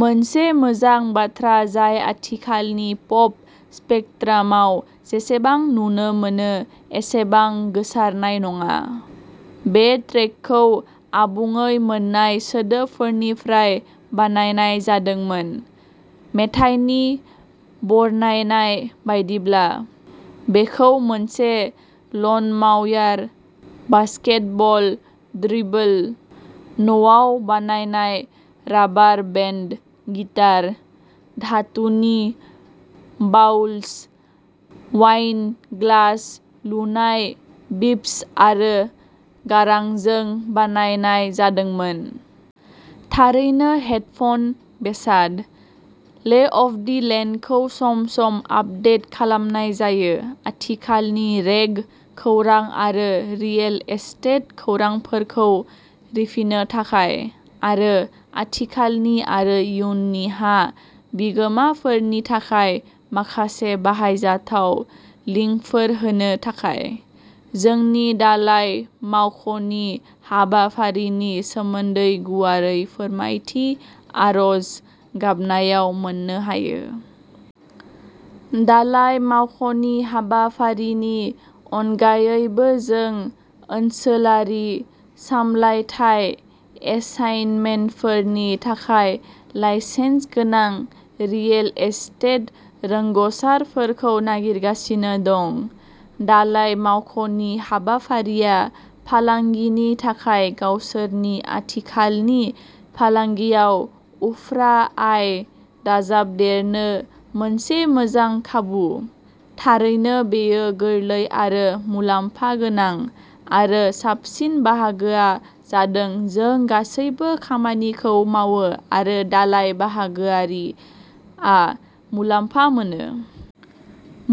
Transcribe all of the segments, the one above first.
मोनसे मोजां बाथ्रा जाय आथिखालनि पप स्पेकट्रामआव जेसेबां नुनो मोनो एसेबां गोसारनाय नङा। बे ट्रेकखौ आबुङै मोन्नाय सोदोबफोरनिफ्राय बानायनाय जादोंमोन। मेथाइनि बरनायनाय बायदिब्ला, बेखौ मोनसे लनमाउयार, बास्केटबल ड्रिबल, न'आव बानायनाय राबार बेन्ड गिटार, धातुनि बाउल्स, वाइन ग्लास, लुनाय बीप्स आरो गारांजों बानायनाय जादोंमोन। थारैनो हेडफ'न बेसाद। ले अफ दि लेन्डखौ सम-सम आपडेट खालामनाय जायो, आथिखालनि रेग खौरां आरो रियेल एस्टेट खौरांफोरखौ रिफिनो थाखाय, आरो आथिखालनि आरो इयुननि हा बिगोमाफोरनि थाखाय माखासे बाहायजाथाव लिंकफोर होनो थाखाय। जोंनि दालाय मावख'नि हाबाफारिनि सोमोन्दै गुवारै फोरमायथि आर'ज गाबनायाव मोननो हायो। दालाय मावख'नि हाबाफारिनि अनगायैबो जों ओनसोलारि सामलायथाय एसाइनमेन्टफोरनि थाखाय लाइसेन्स गोनां रियेल एस्टेट रोंग'सारफोरखौ नागिरगासिनो दं। दालाय मावख'नि हाबाफारिया फालांगिनि थाखाय गावसोरनि आथिखालनि फालांगियाव उफ्रा आय दाजाबदेरनो मोनसे मोजां खाबु। थारैनो बेयो गोरलै आरो मुलाम्फा गोनां, आरो साबसिन बाहागोआ जादों, जों गासैबो खामानिखौ मावो, आरो दालाय बाहागोआरिआ मुलाम्फा मोनो।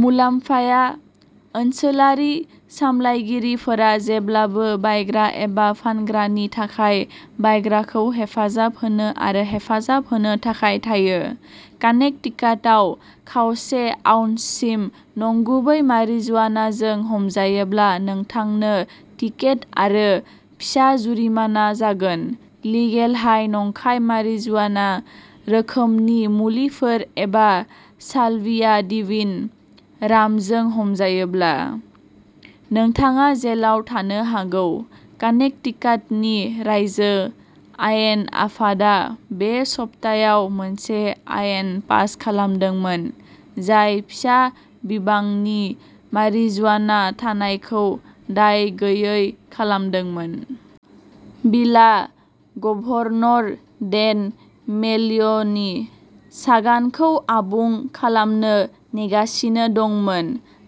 मुलाम्फाया। ओनसोलारि सामलायगिरिफोरा जेब्लाबो बायग्रा एबा फानग्रानि थाखाय बायग्राखौ हेफाजाब होनो आरो हेफाजाब होनो थाखाय थायो। कानेक्टिकाटआव, खावसे आउन्ससिम नंगुबै मारिजुआनाजों हमजायोब्ला नोंथांनो टिकेट आरो फिसा जुरिमाना जागोन। लिगेल-हाइ नंखाय मारिजुआना रोखोमनि मुलिफोर एबा साल्विया डिविन' रामजों हमजायोब्ला, नोंथाङा जेलाव थानो हागौ कानेक्टिकाटनि रायजो आयेन आफादा बे सप्तायाव मोनसे आयेन पास खालामदोंमोन जाय फिसा बिबांनि मारिजुआना थानायखौ दाय गैयै खालामदोंमोन। बिलआ गभर्नर डेन मेलयनि सागानखौ आबुं खालामनो नेगासिनो दंमोन,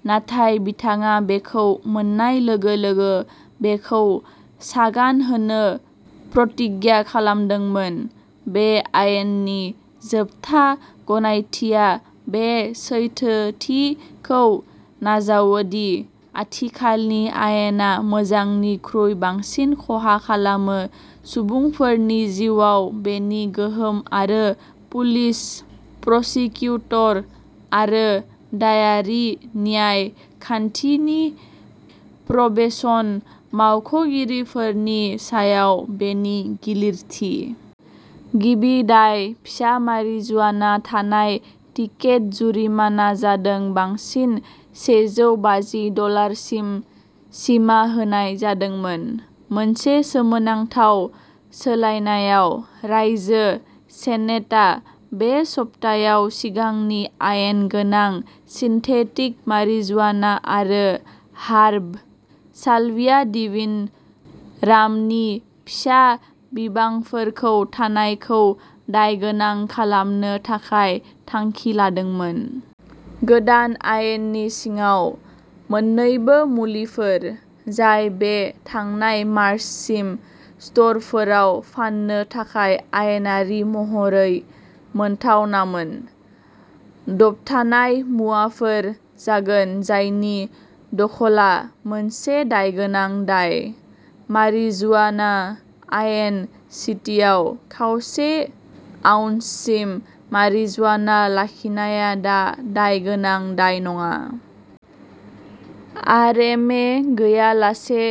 नाथाय बिथाङा बेखौ मोन्नाय लोगो-लोगो बेखौ सागान होनो प्रतिज्ञा खालामदोंमोन, बे आयेननि जोबथा गनायथिआ बे सैथोथिखौ नाजावो दि आथिखालनि आयेना मोजांनिख्रुइ बांसिन खहा खालामो सुबुंफोरनि जिउआव बेनि गोहोम आरो पुलिस, प्रसिकिउटर आरो दायारि न्याय खान्थिनि प्रबेशन मावख'गिरिफोरनि सायाव बेनि गिलिरथि। गिबि दाय फिसा मारिजुआना थानाय टिकेट जुरिमाना जादों बांसिन सेजौ बाजि डलारसिम सिमा होनाय जादोंमोन। मोनसे सोमोनांथाव सोलायनायाव, रायजो सेनेटआ बे सप्तायाव सिगांनि आयेन गोनां सिन्थेटिक मारिजुआना आरो हार्ब साल्विया डिविन'रामनि फिसा बिबांफोरखौ थानायखौ दायगोनां खालामनो थाखाय थांखि लादोंमोन। गोदान आयेननि सिङाव, मोन्नैबो मुलिफोर, जाय बे थांनाय मार्चसिम स्ट'रफोराव फान्नो थाखाय आयेनारि महरै मोनथावनामोन, दबथायनाय मुवाफोर जागोन जायनि दखलआ मोनसे दायगोनां दाय। मारिजुआना आयेन सिटिआव, खावसे आउन्ससिम मारिजुआना लाखिनाया दा दायगोनां दाय नङा। आरएमए गैयालासे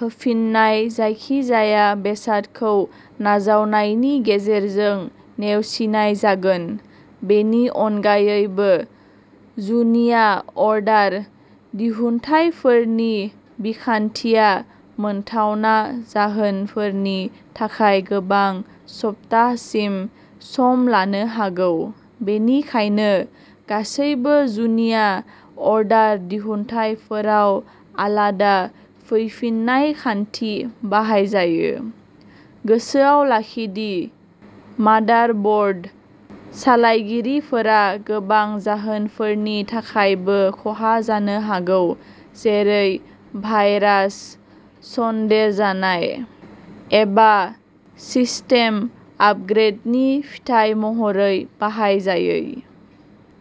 होफिन्नाय जायखिजाया बेसादखौ नाजावनायनि गेजेरजों नेवसिनाय जागोन। बेनि अनगायैबो, जुनिया अर्डार दिहुनथायफोरनि बिखान्थिया मोनथावना जाहोनफोरनि थाखाय गोबां सप्ताहसिम सम लानो हागौ, बेनिखायनो गासैबो जुनिया अर्डार दिहुनथायफोराव आलादा फैफिन्नाय खान्थि बाहायजायो। गोसोआव लाखि दि मादारब'र्ड सालायगिरिफोरा गोबां जाहोनफोरनि थाखायबो खहा जानो हागौ, जेरै भाइरास सन्देरजानाय, एबा सिस्टेम आपग्रेडनि फिथाय महरै बाहायजायै।